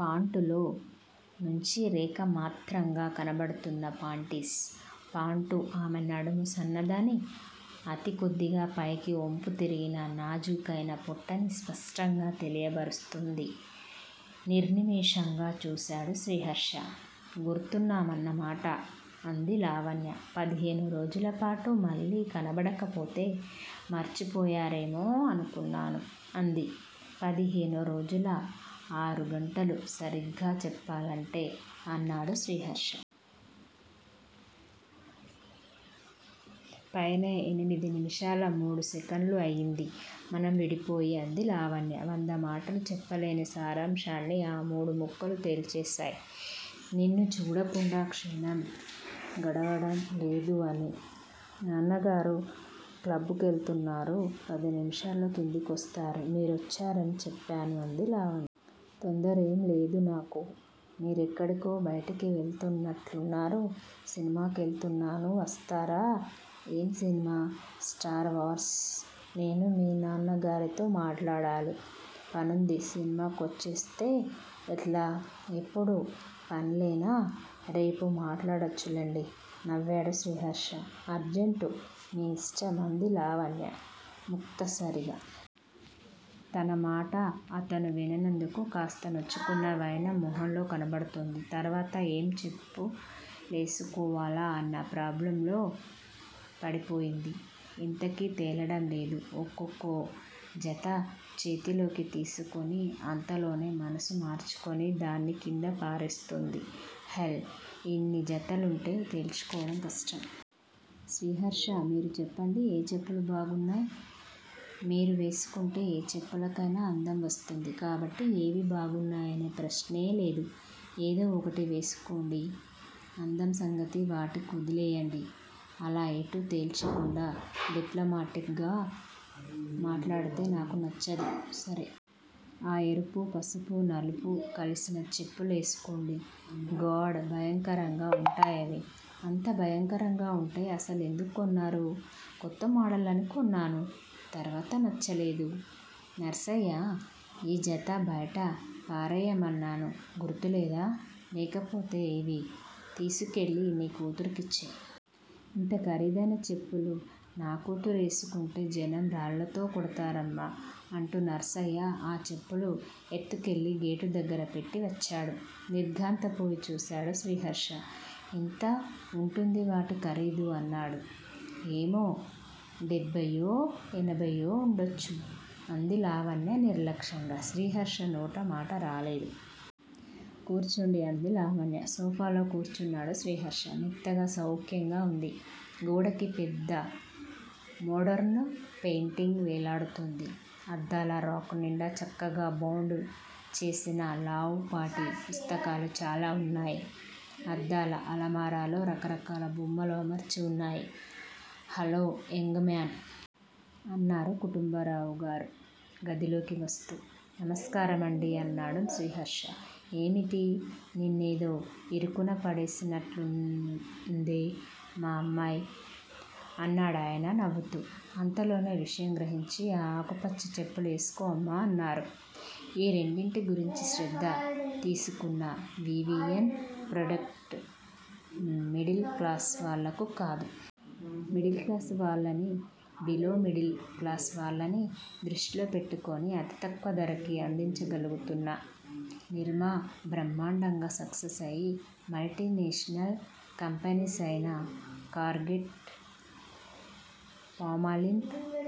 పాంటులో నుంచి రేఖా మాత్రంగా కనబడుతున్న పాంటిస్. పాంటు ఆమె నడుము సన్నదని, అతి కొద్దిగా పైకి ఒంపు తిరిగిన నాజుకైనా పొట్టని స్పష్టంగా తెలియబరుస్తోంది. నిర్నిమేషంగా చూశాడు శ్రీహర్ష. గుర్తున్నామన్నమాట? అంది లావణ్య. పదిహేను రోజులపాటు మళ్ళీ కనబడకపోతే మర్చిపోయారేమో అనుకున్నాను. అంది. పదిహేను రోజుల ఆరుగంటలు- సరిగ్గా చెప్పాలంటే అన్నాడు శ్రీహర్ష. పైన ఎనిమిది నిమిషాల మూడు సెకండ్లు అయింది- మనం విడిపోయి అంది లావణ్య. వంద మాటలు చెప్పలేని సారాంశాలన్ని ఆ మూడు ముక్కలూ తెల్చేశాయ్ నిన్ను చూడకుండా క్షణం గడవడం లేదు అని. నాన్నగారు క్లబ్బుకెళుతున్నారు. పదనిమిషాల్లో కింది కోస్తారు. మిరోచ్చారని చెప్పాను అంది లావణ్య. తొందరేం లేదు నాకు. మిరేక్కడికో బయటికి వెళుతున్నట్లున్నారు? సినిమా కెళుతున్నాను వస్తారా? ఏం సినిమా? స్టార్ వార్స్ నేను మీ న్నాన్నగారితో మాట్లాడాలి. పనుంది సినిమా కొచ్చేస్తే ఎట్లా? ఎప్పుడూ పన్లెనా? రేపు మాట్లాడొచ్చు లెండి! నవ్వాడు శ్రీహర్ష. అర్జెంటు మీ ఇష్టం! అంది లావణ్య ముక్తసరిగా. తన మాట అతను విననందుకు కాస్త నొచ్చుకున్న వైనం మోహంలో కనబడుతోంది. తర్వాత ఏం చెప్పులేసుకోవాలా అన్న ప్రాబ్లంలో పడిపోయింది. ఎంతకీ తేలడం లేదు. ఒక్కొక్కో జతా చేతిలోకి తీసుకుని, అంతలోనే మనసు మార్చుకుని దాన్ని కింద పారేస్తోంది. హెల్! ఇన్ని జతలుంటే తేల్చుకోవడం కష్టం. శ్రీహర్షా! మీరు చెప్పండి ఏ చెప్పులు బాగున్నాయ్? మీరు వేసుకుంటే ఏ చెప్పులకైన అందం వస్తుంది. కాబట్టి ఏవి బాగున్నాయనే ప్రశ్నే లేదు. ఏదో ఒకటి వేసుకొండి. అందం సంగతి వాటి కోదిలేయ్యండి. అలా ఎటూ తేల్చకుండా డిప్లమాటిక్ గా మాట్లాడితే నాకు నచ్చదు. సరే! ఆ ఎరుపూ, పసుపూ, నలుపూ కలిసిన చెప్పు లేసుకోండి. గాడ్? భయంకరంగా ఉంటాయవి. అంత భయంకరంగా ఉంటె అసలెందుకు కొన్నారు? కొత్త మోడల్ అని కొన్నాను. తర్వాత నచ్చలేదు. నర్సయ్యా ఈ జత బయట పారేయ్యమన్నాను గుర్తులేదా? లేకపోతే ఇవి తీసుకెళ్ళి నీ కూతురు కిచ్చెయ్. ఇంత ఖరీదైన చెప్పులు నా కూతురేసుకుంటే జనం రాళ్ళతో కొడతారమ్మా! అంటూ నర్సయ్య ఆ చెప్పులు ఎత్తుకెళ్ళి గేటు దగ్గర పెట్టి వచ్చాడు. నిర్ఘాంతపోయి చూశాడు శ్రీహర్ష. ఎంత ఉంటుంది వాటి ఖరీదు? అన్నాడు. ఏమో! డెబ్బయ్యో, ఎనభయ్యో ఉండొచ్చు. అంది లావణ్య నిర్లక్ష్యంగా. శ్రీహర్ష నోట మాటరాలేదు. కూర్చోండి. అంది లావణ్య. సోఫాలో కూర్చున్నాడు శ్రీహర్ష. మెత్తగా సౌఖ్యంగా ఉంది. గోడకి పెద్ద మోడర్న్ పెయింటింగ్ వేలాడుతోంది. అద్దాల రాక్ నిండా చక్కగా బౌండ్ చేసిన లావుపాటి పుస్తకాలు చాలా ఉన్నాయి. అద్దాల అలమారాలో రకరకాల బొమ్మలు అమర్చి ఉన్నాయి. Hello young man! అన్నారు కుటుంబరావుగారు గదిలోకి వస్తూ. నమస్కారమండి! అన్నాడు శ్రీహర్ష. ఏమిటి? నిన్నేదో ఇరుకున పడేసినట్లుందే మా అమ్మాయ్? అన్నాడాయన నవ్వుతూ. అంతలోనే విషయం గ్రహించి, ఆ ఆకుపచ్చ చెప్పులేసుకొమ్మా అన్నారు. ఈ రెండింటి గురించి శ్రద్ధ తీసుకున్న V. V. N. Products middle class వాళ్ళకు కాదు. మిడిల్ క్లాస్ వాళ్ళని, బిలో మిడిల్ క్లాస్ వాళ్ళనీ దృష్టిలో పెట్టుకొని అతి తక్కువ ధరకి అందించగలుగుతున్న నిర్మా బ్రహ్మాండంగా సక్సెస్ అయి మల్టీ నేషనల్ కంపెనీస్ అయిన Colgate Palmolive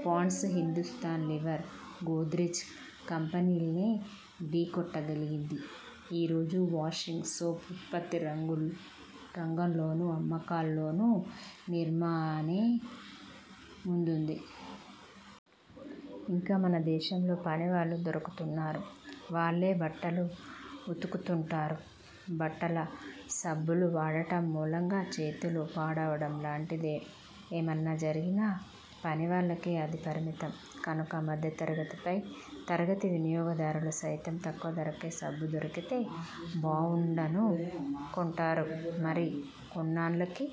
Pond's Hindustan Lever Godrej కంపెనీల్నే ఢీ కొట్టగలిగింది. ఈ రోజు వాషింగ్ సోప్ ఉత్పత్తి రంగు రంగంలోనూ అమ్మకాల్లోనూ నిర్మానే ముందుంది. ఇంకా మనదేశంలో పనివాళ్ళు దొరుకుతున్నారు- వాళ్ళే బట్టలు ఉతుకుతుంటారు. బట్టల సబ్బులు వాడటం మూలంగా చేతులు పాడవటం లాంటిదే మన్నా జరిగినా- పనివాళ్ళకే అది పరిమితం. కనుక మధ్యతరగతి పై తరగతి వినియోగదారులు సైతం తక్కువ ధరకే సబ్బు దొరికితే బావుండను కొంటారు. మరి కొన్నాండ్లకి